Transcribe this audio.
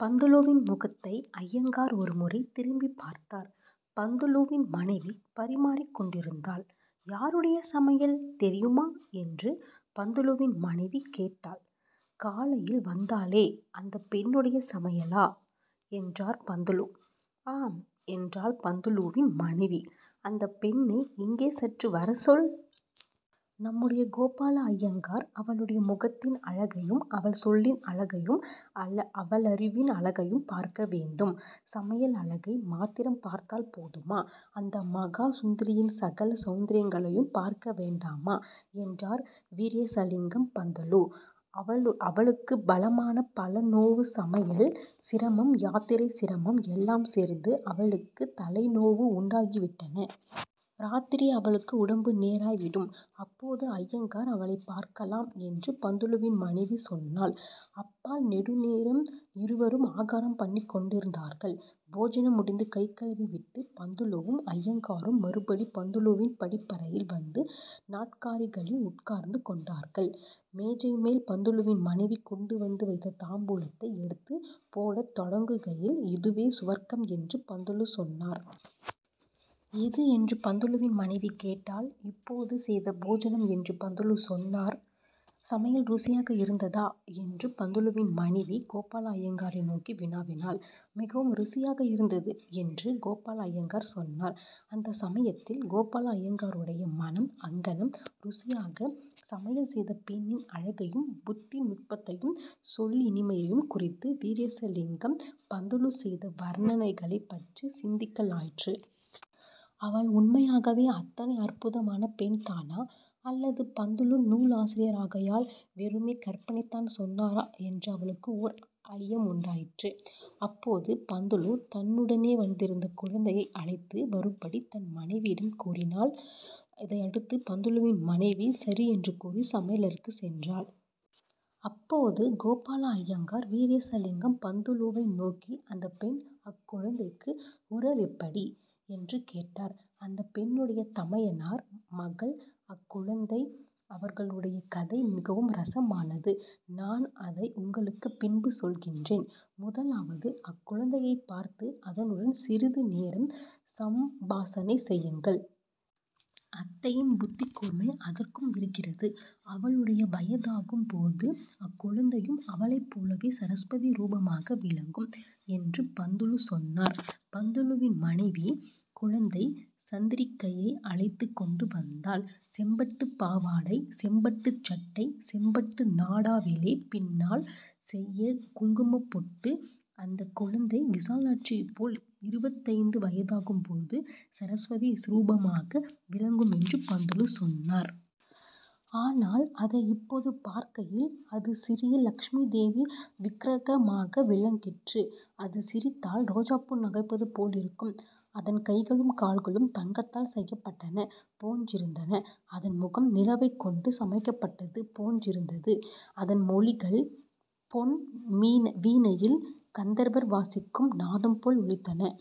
பந்துலுவின் முகத்தை அய்யங்கார் ஒரு முறை திரும்பிப் பார்த்தார். பந்துலுவின் மனைவி பரிமாறிக் கொண்டிருந்தாள். ''யாருடைய சமையல் தெரியுமா? '' என்று பந்துலுவின் மனைவி கேட்டாள். ''காலையில் வந்தாளே, அந்தப் பெண்ணுடைய சமையலா? '' என்றார் பந்துலு. ''ஆம்'' என்றாள் பந்துலுவின் மனைவி. ''அந்தப் பெண்ணை இங்கு சற்றே வரச்சொல். நம்முடைய கோபாலய்யங்கார் அவளுடைய முகத்தின் அழகையும் அவள் சொல்லின் அழகையும் அவளறிவின் அழகையும் பார்க்க வேண்டும். சமையலழகை மாத்திரம் பார்த்தால் போதுமா? அந்த மகா சுந்தரியின் சகல சௌந்தர்யங்களையும் பார்க்க வேண்டாமா? '' என்றார் வீரேசலிங்கம் பந்துலு. ''அவளுக்கு பலமான தலைநோவு. சமையல் சிரமம் யாத்திரை சிரமம் எல்லாம் சேர்ந்து அவளுக்குத் தலைநோவு உண்டாக்கிவிட்டன. இராத்திரி அவளுக்கு உடம்பு நேராய் விடும். அப்போது அய்யங்கார் அவளைப் பார்க்கலாம்'' என்று பந்துலுவின் மனைவி சொன்னாள். அப்பால் நெடுநேரம் இருவரும் ஆகாரம் பண்ணிக் கொண்டிருந்தார்கள். போஜனம் முடிந்து கைகழுவிவிட்டுப் பந்துலுவும் அய்யங்காரும் மறுபடி பந்துலுவின் படிப்பறையில் வந்து நாற்காலிகளில் உட்கார்ந்து கொண்டார்கள். மேஜைமேல் பந்துலுவின் மனைவி கொண்டு வந்து வைத்த தாம்பூலத்தை எடுத்துப் போடத் தொடங்குகையில் ''இதுவே சுவர்க்கம்'' என்று பந்துலு சொன்னார். ''எது? '' என்று பந்தலுவின் மனைவி கேட்டாள். ''இப்போது செய்த போஜனம்'' என்று பந்துலு சொன்னார். ''சமையல் ருசியாக இருந்ததா? '' என்று பந்துலுவின் மனைவி கோபாலய்யங்காரை நோக்கி வினவினாள். ''மிகவும் ருசியாக இருந்தது'' என்று கோபாலய்யங்கார் சொன்னார். அந்த சமயத்தில் கோபாலய்யங்காருடைய மனம் அங்ஙனம் ருசியாகச் சமையல் செய்த பெண்ணின் அழகையும், புத்தி நுட்பத்தையும், சொல்லினிமையையுங் குறித்து வீரேசலிங்கம் பந்துலு செய்த வர்ணனைகளைப் பற்றிச் சிந்திக்கலாயிற்று. அவள், உண்மையாகவே அத்தனை அற்புதமான பெண்தானா? அல்லது பந்துலு நூலாசிரியராகையால் வெறுமே கற்பனை தான் சொன்னாரா? '' என்று அவருக்கு ஓர் ஐயமுண்டாயிற்று. அப்போது பந்துலு தன் மனைவியை நோக்கி, ''அந்தப் பெண் தன்னுடன் கொண்டு வந்திருக்கும் குழந்தையை இங்கே கூட்டி வா'' என்றார். ''சரி'' என்று சொல்லிப் பந்துலுவின் மனைவி சமையலறைக்குள்ளே போனாள். அப்போது கோபாலய்யங்கார் வீரேசலிங்கம் பந்துலுவை நோக்கி:- ''அந்தப் பெண் அக்குழந்தைக்கு உறவெப்படி? '' என்று கேட்டார். ''அந்தப் பெண்ணுடைய தமையனார் மகள் அக்குழந்தை. அவர்களுடைய கதை மிகவும் ரஸமானது. நான் அதை உங்களுக்குப் பின்பு சொல்லுகிறேன். முதலாவது, அக்குழந்தையைப் பார்த்து அதனுடன் சிறிது நேரம் சம்பாஷணை செய்யுங்கள். அத்தையின் புத்திக்கூர்மை அதற்கும் இருக்கிறது. அவளுடைய வயதாகும்போது அக்குழந்தையும் அவளைப் போலவே சரஸ்வதி ரூபமாக விளங்கும்'' என்று பந்துலு சொன்னார். பந்துலுவின் மனைவி குழந்தை சந்திரிகையை அழைத்துக் கொண்டு வந்தாள். செம்பட்டுப் பாவாடை; செம்பட்டுச் சட்டை; செம்பட்டு நாடாவிலே பின்னல், செய்ய குங்குமப் பொட்டு, அந்தக் குழந்தை விசாலாட்சியைப் போல் இருபத்தைந்து வயதாகும்போது சரஸ்வதி ஸ்வரூபமாக விளங்குமென்று பந்துலு சொன்னார். ஆனால் அதை இப்போது பார்க்கையில் அது சிறிய லட்சுமிதேவி விக்ரஹமாக விளங்கிற்று. அது சிரித்தால் ரோஜாப்பூ நகைப்பது போலிருக்கும். அதன் கைகளும் கால்களும் தங்கத்தால் செய்யப்பட்டன போன்றிருந்தன. அதன் முகம் நிலவைக் கொண்டு சமைக்கப்பட்டது போன்றிருந்தது. அதன் மொழிகள் பொன் வீணையில் கந்தர்வர் வாசிக்கும் நாதம்போல் ஒலித்தன.